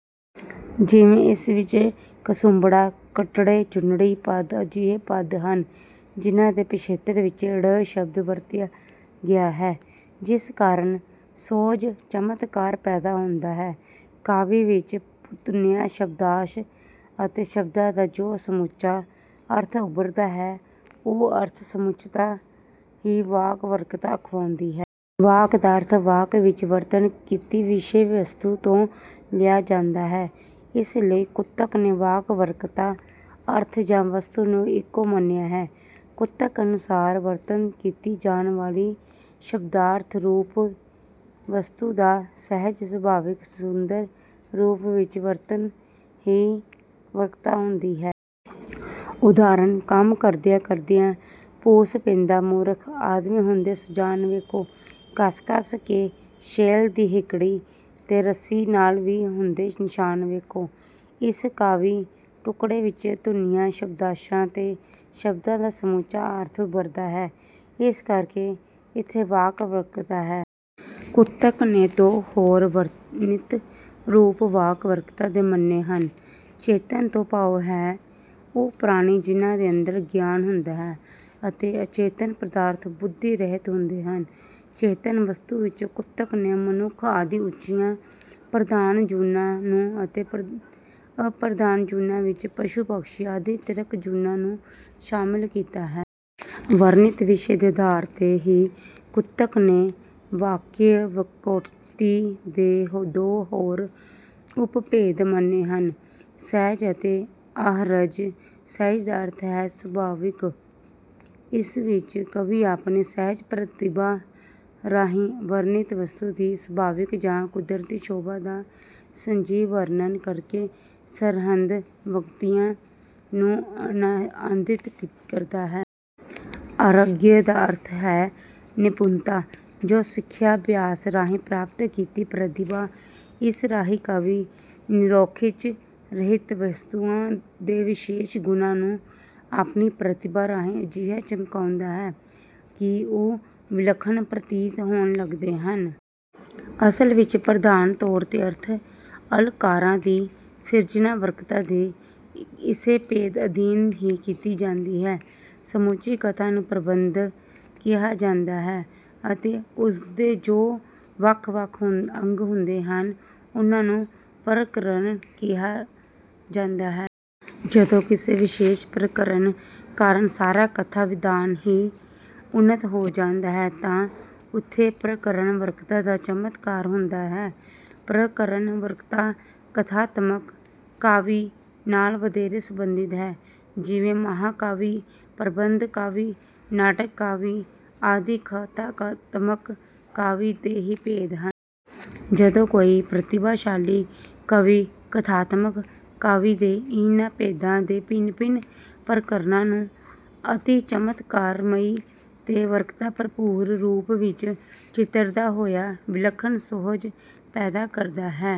ਜਿਵੇਂ ਇਸ ਵਿੱਚ ਕਸੁੰਭੜਾ, ਕਟੜੇ, ਚੁੰਨੜੀ ਪਦ ਅਜਿਹੇ ਪਦ ਹਨ ਜਿਹਨਾਂ ਦੇ ਪਿਛੇਤਰ ਵਿੱਚ 'ੜ' ਸ਼ਬਦ ਵਰਤਿਆ ਗਿਆ ਹੈ ਜਿਸ ਕਾਰਨ ਸੁਹਜ-ਚਮਤਕਾਰ ਪੈਦਾ ਹੁੰਦਾ ਹੈ। ਕਾਵਿ ਵਿੱਚ ਧੁਨੀਆਂ, ਸ਼ਬਦਾਂਸ਼ ਅਤੇ ਸ਼ਬਦਾਂ ਦਾ ਜੋ ਸਮੁੱਚਾ ਅਰਥ ਉਭਰਦਾ ਹੈ ਉਹ ਅਰਥ-ਸਮੁੱਚਤਾ ਹੀ 'ਵਾਕ ਵਕ੍ਰਤਾ' ਅਖਵਾਉਂਦੀ ਹੈ। ਵਾਕ ਦਾ ਅਰਥ ਵਾਕ ਵਿੱਚ ਵਰਤਣ ਕੀਤੀ ਵਿਸ਼ੇ-ਵਸਤੂ ਤੋਂ ਲਿਆ ਜਾਂਦਾ ਹੈ। ਇਸ ਲਈ ਕੁਤਕ ਨੇ ਵਾਕ ਵਕ੍ਰਤਾ, ਅਰਥ ਜਾਂ ਵਸਤੂ ਨੂੰ ਇੱਕੋ ਮੰਨਿਆ ਹੈ। ਕੁਤਕ ਅਨੁਸਾਰ "ਵਰਤਨ ਕੀਤੀ ਜਾਣ ਵਾਲੀ ਸ਼ਬਦਾਰਥ ਰੂਪ ਵਸਤੂ ਦਾ ਸਹਿਜ ਸੁਭਾਵਿਕ ਸੁੰਦਰ ਰੂਪ ਵਿੱਚ ਵਰਤਨ ਹੀ ਵਕ੍ਰਤਾ ਹੁੰਦੀ ਹੈ"। ਉਦਾਹਰਣ "ਕੰਮ ਕਰਦਿਆਂ-ਕਰਦਿਆਂ ਭੁਸ ਪੈਂਦਾ, ਮੂਰਖ ਆਦਮੀ ਹੁੰਦੇ ਸੁਜਾਨ ਵੇਖੋ। ਘੱਸ-ਘੱਸ ਕੇ ਸ਼ੈਲ ਦੀ ਹਿੱਕੜੀ ਤੇ, ਰੱਸੀ ਨਾਲ ਵੀ ਹੁੰਦੇ ਨਿਸ਼ਾਨ ਵੇਖੋ"। ਇਸ ਕਾਵਿ ਟੁੱਕੜੇ ਵਿੱਚ ਧੁਨੀਆਂ, ਸ਼ਬਦਾਂਸ਼ਾਂ ਤੇ ਸ਼ਬਦਾਂ ਦਾ ਸਮੁੱਚਾ ਅਰਥ ਉਭਰਦਾ ਹੈ ਇਸ ਕਰਕੇ ਇੱਥੇ ਵਾਕ ਵਕ੍ਰਤਾ ਹੈ। ਕੁਤਕ ਨੇ ਦੋ ਹੋਰ ਵਰਣਿਤ ਰੂਪ ਵਾਕ ਵਕ੍ਰਤਾ ਦੇ ਮੰਨੇ ਹਨ। ਚੇਤਨ ਤੋਂ ਭਾਵ ਹੈ ਉਹ ਪ੍ਰਾਣੀ ਜਿਨ੍ਹਾਂ ਦੇ ਅੰਦਰ ਗਿਆਨ ਹੁੰਦਾ ਹੈ ਅਤੇ ਅਚੇਤਨ ਪਦਾਰਥ ਬੁੱਧੀ ਰਹਿਤ ਹੁੰਦੇ ਹਨ। ਚੇਤਨ ਵਸਤੂ ਵਿੱਚ ਕੁਤਕ ਨੇ ਮਨੁੱਖ ਆਦਿ ਉੱਚੀਆਂ ਪ੍ਰਧਾਨ ਜੂਨਾਂ ਨੂੰ ਅਤੇ ਅਪ੍ਰਧਾਨ ਜੂਨਾਂ ਵਿੱਚ ਪਸ਼ੂ ਪੰਕਸੀਆਦਿ ਤਿਰਕ ਜੂਨਾਂ ਨੂੰ ਸ਼ਾਮਲ ਕੀਤਾ ਹੈ। ਵਰਣਿਤ ਵਿਸ਼ੇ ਦੇ ਆਧਾਰ ਤੇ ਹੀ ਕੁੰਤਕ ਨੇ ਵਾਕਯ ਵਕ੍ਰੋਕਤੀ ਦੇ ਦੋ ਹੋਰ ਉਪਭੇਦ ਮੰਨੇ ਹਨ ਸਹਿਜ ਅਤੇ ਆਹਰਯ। 'ਸਹਿਜ' ਦਾ ਅਰਥ ਹੈ ਸੁਭਾਵਿਕ। ਇਸ ਵਿੱਚ ਕਵੀ ਆਪਣੀ ਸਹਿਜ ਪ੍ਰਤਿਭਾ ਰਾਹੀਂ ਵਰਣਿਤ ਵਸਤੂ ਦੀ ਸੁਭਾਵਿਕ ਜਾਂ ਕੁਦਰਤੀ ਸ਼ੋਭਾ ਦਾ ਸੰਜੀਵ ਵਰਣਨ ਕਰਕੇ ਸਰਹਿੰਦ ਵੁਅਕਤੀਆਂ ਨੂੰ ਆਨੰਦਿਤ ਕਰਦਾ ਹੈ। 'ਆਹਰਯ' ਦਾ ਅਰਥ ਹੈ 'ਨਿਪੁਣਤਾ' ਜਾਂ 'ਸਿੱਖਿਆ' ਅਭਿਆਸ ਰਾਹੀਂ ਪ੍ਰਾਪਤ ਕੀਤੀ ਪ੍ਰਤਿਭਾ। ਇਸ ਰਾਹੀਂ ਕਵੀ ਨਿਰੋਖਿੱਚ ਰਹਿਤ ਵਸਤੂਆਂ ਦੇ ਵਿਸ਼ੇਸ਼ ਗੁਣਾਂ ਨੂੰ ਆਪਣੀ ਪ੍ਰਤਿਭਾ ਰਾਹੀਂ ਅਜਿਹਾ ਚਮਕਾਉਂਦਾ ਹੈ ਕਿ ਉਹ ਵਿਲੱਖਣ ਪ੍ਰਤੀਤ ਹੋਣ ਲੱਗਦੇ ਹਨ। ਅਸਲ ਵਿੱਚ ਪ੍ਰਧਾਨ ਤੌਰ 'ਤੇ ਅਰਥ ਅਲੰਕਾਰਾਂ ਦੀ ਸਿਰਜਣਾ ਵਕ੍ਰਤਾ ਦੇ ਇਸੇ ਭੇਦ ਅਧੀਨ ਹੀ ਕੀਤੀ ਜਾਂਦੀ ਹੈ। ਸਮੁੱਚੀ ਕਥਾ ਨੂੰ ਪ੍ਰਬੰਧ ਕਿਹਾ ਜਾਂਦਾ ਹੈ ਅਤੇ ਉਸਦੇ ਜੋ ਵੱਖ-ਵੱਖ ਅੰਗ ਹੁੰਦੇ ਹਨ ਉਹਨਾਂ ਨੂੰ 'ਪ੍ਰਕਰਣ' ਕਿਹਾ ਜਾਂਦਾ ਹੈ। ਜਦੋਂ ਕਿਸੇ ਵਿਸ਼ੇਸ਼ ਪ੍ਰਕਰਣ ਕਾਰਨ ਸਾਰਾ ਕਥਾ ਵਿਧਾਨ ਹੀ ਉੱਨਤ ਹੋ ਜਾਂਦਾ ਹੈ ਤਾਂ ਉੱਥੇ ਪ੍ਰਕਰਣ ਵਕ੍ਰਤਾ ਦਾ ਚਮਤਕਾਰ ਹੁੰਦਾ ਹੈ। ਪ੍ਰਕਰਣ ਵਕ੍ਰਤਾ 'ਕਥਾਤਮਕ ਕਾਵਿ' ਨਾਲ ਵਧੇਰੇ ਸੰਬੰਧਿਤ ਹੈ। ਜਿਵੇਂ ਮਹਾਕਾਵਿ, ਪ੍ਰਬੰਧ ਕਾਵਿ, ਨਾਟਕ ਕਾਵਿ ਆਦਿ ਕਥਾਤਮਕ ਕਾਵਿ ਦੇ ਹੀ ਭੇਦ ਹਨ। ਜਦੋਂ ਕੋਈ ਪ੍ਰਤਿਭਾਸ਼ਾਲੀ ਕਵੀ ਕਥਾਤਮਕ ਕਾਵਿ ਦੇ ਇਹਨਾਂ ਭੇਦਾਂ ਦੇ ਭਿੰਨ-ਭਿੰਨ ਪ੍ਰਕਰਣਾਂ ਨੂੰ ਅਤਿ ਚਮਤਕਾਰਮਈ ਤੇ ਵਕ੍ਰਤਾ ਭਰਪੂਰ ਰੂਪ ਵਿੱਚ ਚਿਤਰਦਾ ਹੋਇਆ ਵਿਲੱਖਣ ਸੁਹਜ ਪੈਦਾ ਕਰਦਾ ਹੈ।